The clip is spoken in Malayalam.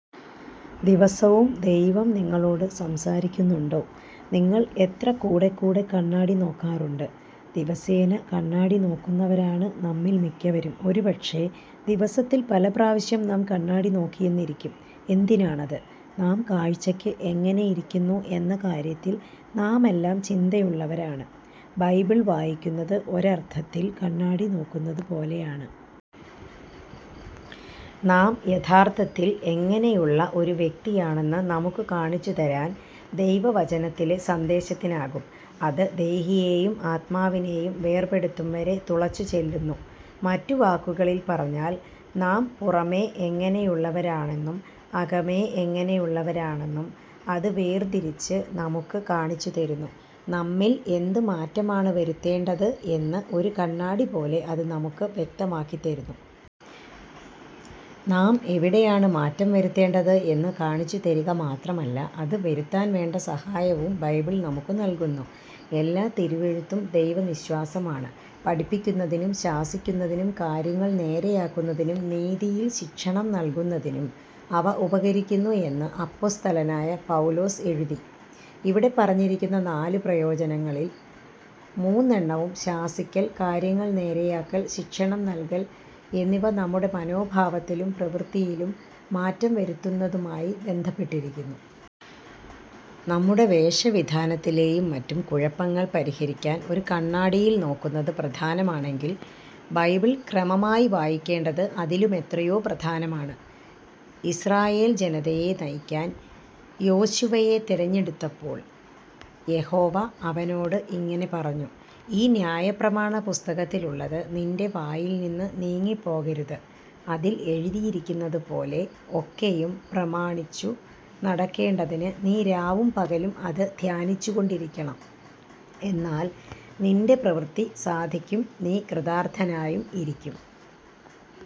ദിവസവും ദൈവം നിങ്ങളോട് സംസാരിക്കുന്നുണ്ടോ? നിങ്ങൾ എത്ര കൂടെക്കൂടെ കണ്ണാടി നോക്കാറുണ്ട്? ദിവസേന കണ്ണാടി നോക്കുന്നവരാണ് നമ്മിൽ മിക്കവരും. ഒരുപക്ഷേ ദിവസത്തിൽ പലപ്രാവശ്യം നാം കണ്ണാടി നോക്കിയെന്നിരിക്കും. എന്തിനാണത്? നാം കാഴ്ചയ്ക്ക് എങ്ങനെയിരിക്കുന്നു എന്ന കാര്യത്തിൽ നാമെല്ലാം ചിന്തയുള്ളവരാണ്. ബൈബിൾ വായിക്കുന്നത് ഒരർത്ഥത്തിൽ കണ്ണാടി നോക്കുന്നത് പോലെയാണ്. നാം യഥാർത്ഥത്തിൽ എങ്ങനെയുള്ള ഒരു വ്യക്തിയാണെന്ന് നമുക്ക് കാണിച്ചുതരാൻ ദൈവവചനത്തിലെ സന്ദേശത്തിനാകും. അത് ദേഹിയെയും ആത്മാവിനെയും വേർപെടുത്തും വരെ തുളച്ചു ചെല്ലുന്നു. മറ്റു വാക്കുകളിൽ പറഞ്ഞാൽ, നാം പുറമെ എങ്ങനെയുള്ളവരാണെന്നും അകമേ എങ്ങനെയുള്ളവരാണെന്നും അത് വേർതിരിച്ച് നമുക്ക് കാണിച്ചുതരുന്നു. നമ്മിൽ എന്ത് മാറ്റമാണ് വരുത്തേണ്ടത് എന്ന് ഒരു കണ്ണാടി പോലെ അത് നമുക്ക് വ്യക്തമാക്കിതെരുന്നു. നാം എവിടെയാണ് മാറ്റം വരുത്തേണ്ടത് എന്ന് കാണിച്ചുതരിക മാത്രമല്ല, അത് വരുത്താൻ വേണ്ട സഹായവും ബൈബിൾ നമുക്ക് നൽകുന്നു. എല്ലാ തിരുവെഴുത്തും ദൈവനിശ്വാസമാണ്, പഠിപ്പിക്കുന്നതിനും ശാസിക്കുന്നതിനും കാര്യങ്ങൾ നേരെയാക്കുന്നതിനും നീതിയിൽ ശിക്ഷണം നൽകുന്നതിനും അവ ഉപകരിക്കുന്നു എന്ന് അപ്പൊസ്തലനായ പൗലോസ് എഴുതി. ഇവിടെ പറഞ്ഞിരിക്കുന്ന നാല് പ്രയോജനങ്ങളിൽ മൂന്നെണ്ണവും, ശാസിക്കൽ, കാര്യങ്ങൾ നേരെയാക്കൽ, ശിക്ഷണം നൽകൽ എന്നിവ നമ്മുടെ മനോഭാവത്തിലും പ്രവൃത്തിയിലും മാറ്റം വരുത്തുന്നതുമായി ബന്ധപ്പെട്ടിരിക്കുന്നു. നമ്മുടെ വേഷവിധാനത്തിലെയും മറ്റും കുഴപ്പങ്ങൾ പരിഹരിക്കാൻ ഒരു കണ്ണാടിയിൽ നോക്കുന്നത് പ്രധാനമാണെങ്കിൽ, ബൈബിൾ ക്രമമായി വായിക്കേണ്ടത് അതിലുമെത്രയോ പ്രധാനമാണ്! ഇസ്രായേൽ ജനതയെ നയിക്കാൻ യോഷുവയെ തെരഞ്ഞെടുത്തപ്പോൾ യഹോവ അവനോട് ഇങ്ങനെ പറഞ്ഞു, ഈ ന്യായപ്രമാണ പുസ്തകത്തിലുള്ളത് നിൻ്റെ വായിൽ നിന്ന് നീങ്ങിപ്പോകരുത്, അതിൽ എഴുതിയിരിക്കുന്നത് പോലെ ഒക്കെയും പ്രമാണിച്ചു നടക്കേണ്ടതിന് നീ രാവും പകലും അത് ധ്യാനിച്ചുകൊണ്ടിരിക്കണം, എന്നാൽ നിൻ്റെ പ്രവൃത്തി സാധിക്കും, നീ കൃതാർത്ഥനായും ഇരിക്കും.